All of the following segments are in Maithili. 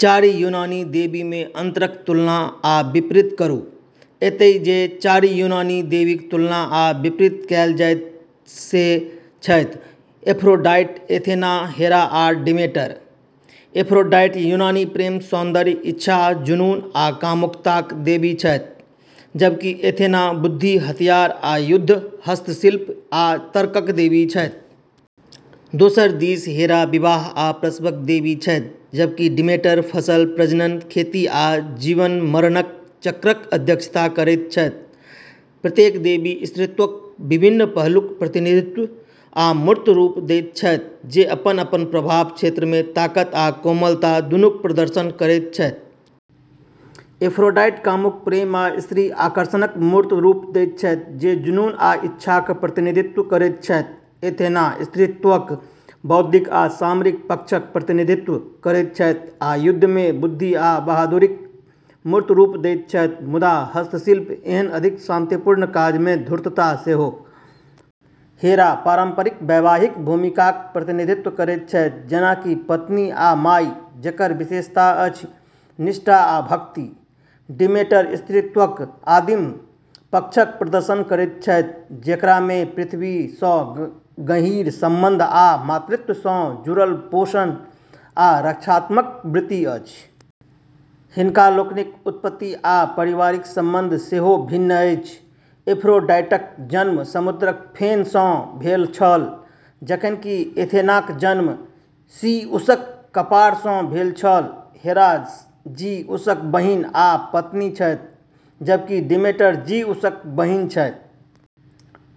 चारि यूनानी देवीमे अंतरक तुलना आ विपरीत करू। एतय जे चारि यूनानी देवीक तुलना आ विपरीत कएल जायत से छथि एफ्रोडाइट, एथेना, हेरा आ डिमेटर। एफ्रोडाइट यूनानी प्रेम, सौन्दर्य, इच्छा, जुनून, आ कामुकताक देवी छथि, जबकि एथेना बुद्धि, हथियार आ युद्ध, हस्तशिल्प आ तर्कक देवी छथि। दोसर दिस हेरा विवाह आ प्रसवक देवी छथि, जबकि डिमेटर फसल, प्रजनन, खेती आ जीवन-मरणक चक्रक अध्यक्षता करैत छथि। प्रत्येक देवी स्त्रीत्वक विभिन्न पहलूक प्रतिनिधित्व आ मूर्त रूप दैत छथि, जे अपन-अपन प्रभाव क्षेत्रमे ताकत आ कोमलता दुनूक प्रदर्शन करैत छथि। एफ्रोडाइट कामुक प्रेम आ स्त्री आकर्षणक मूर्त रूप दैत छथि, जे जुनून आ इच्छाक प्रतिनिधित्व करैत छथि। एथेना, स्त्रीत्वक बौद्धिक आ सामरिक पक्षक प्रतिनिधित्व करैत छथि, आ युद्धमे बुद्धि आ बहादुरीक मूर्त रूप दैत छथि, मुदा हस्तशिल्प एहन अधिक शांतिपूर्ण काजमे धूर्तता सेहो। हेरा पारंपरिक वैवाहिक भूमिकाक प्रतिनिधित्व करैत छथि, जेना कि पत्नी आ माय, जेकर विशेषता अछि निष्ठा आ भक्ति। डिमेटर स्त्रीत्वक आदिम पक्षक प्रदर्शन करैत छथि, जेकरामे पृथ्वी सँ गहींर संबंध आ मातृत्व सँ जुड़ल पोषण आ रक्षात्मक वृत्ति अछि। हिनका लोकनिक उत्पत्ति आ पारिवारिक संबंध सेहो भिन्न अछि। एफ्रोडाइटक जन्म समुद्रक फेन सँ भेल छल, जखन कि एथेनाक जन्म ज़ीउसक कपार सँ भेल छल। हेरा ज़ीउसक बहिन आ पत्नी छथि, जबकि डिमेटर ज़ीउसक बहिन छथि।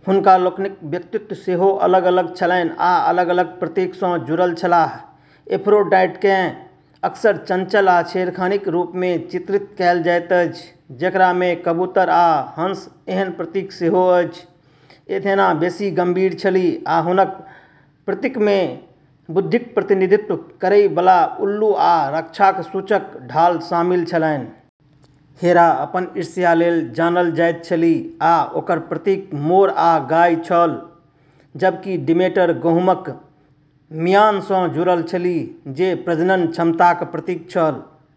हुनका लोकनिक व्यक्तित्व सेहो अलग-अलग छलनि आ अलग-अलग प्रतीक सँ जुड़ल छलाह। एफ्रोडाइटकेँ अक्सर चंचल आ छेड़खानीक रूपमे चित्रित कएल जाइत अछि, जेकरामे कबूतर आ हंस एहन प्रतीक सेहो अछि। एथेना बेसी गंभीर छलीह, आ हुनकर प्रतीकमे बुद्धिक प्रतिनिधित्व करय बला उल्लू आ रक्षाक सूचक ढाल शामिल छलनि। हेरा अपन ईर्ष्या लेल जानल जाइत छलीह आ ओकर प्रतीक मोर आ गाय छल, जबकि डिमेटर गहूमक म्यान सँ जुड़ल छलीह, जे प्रजनन क्षमताक प्रतीक छल।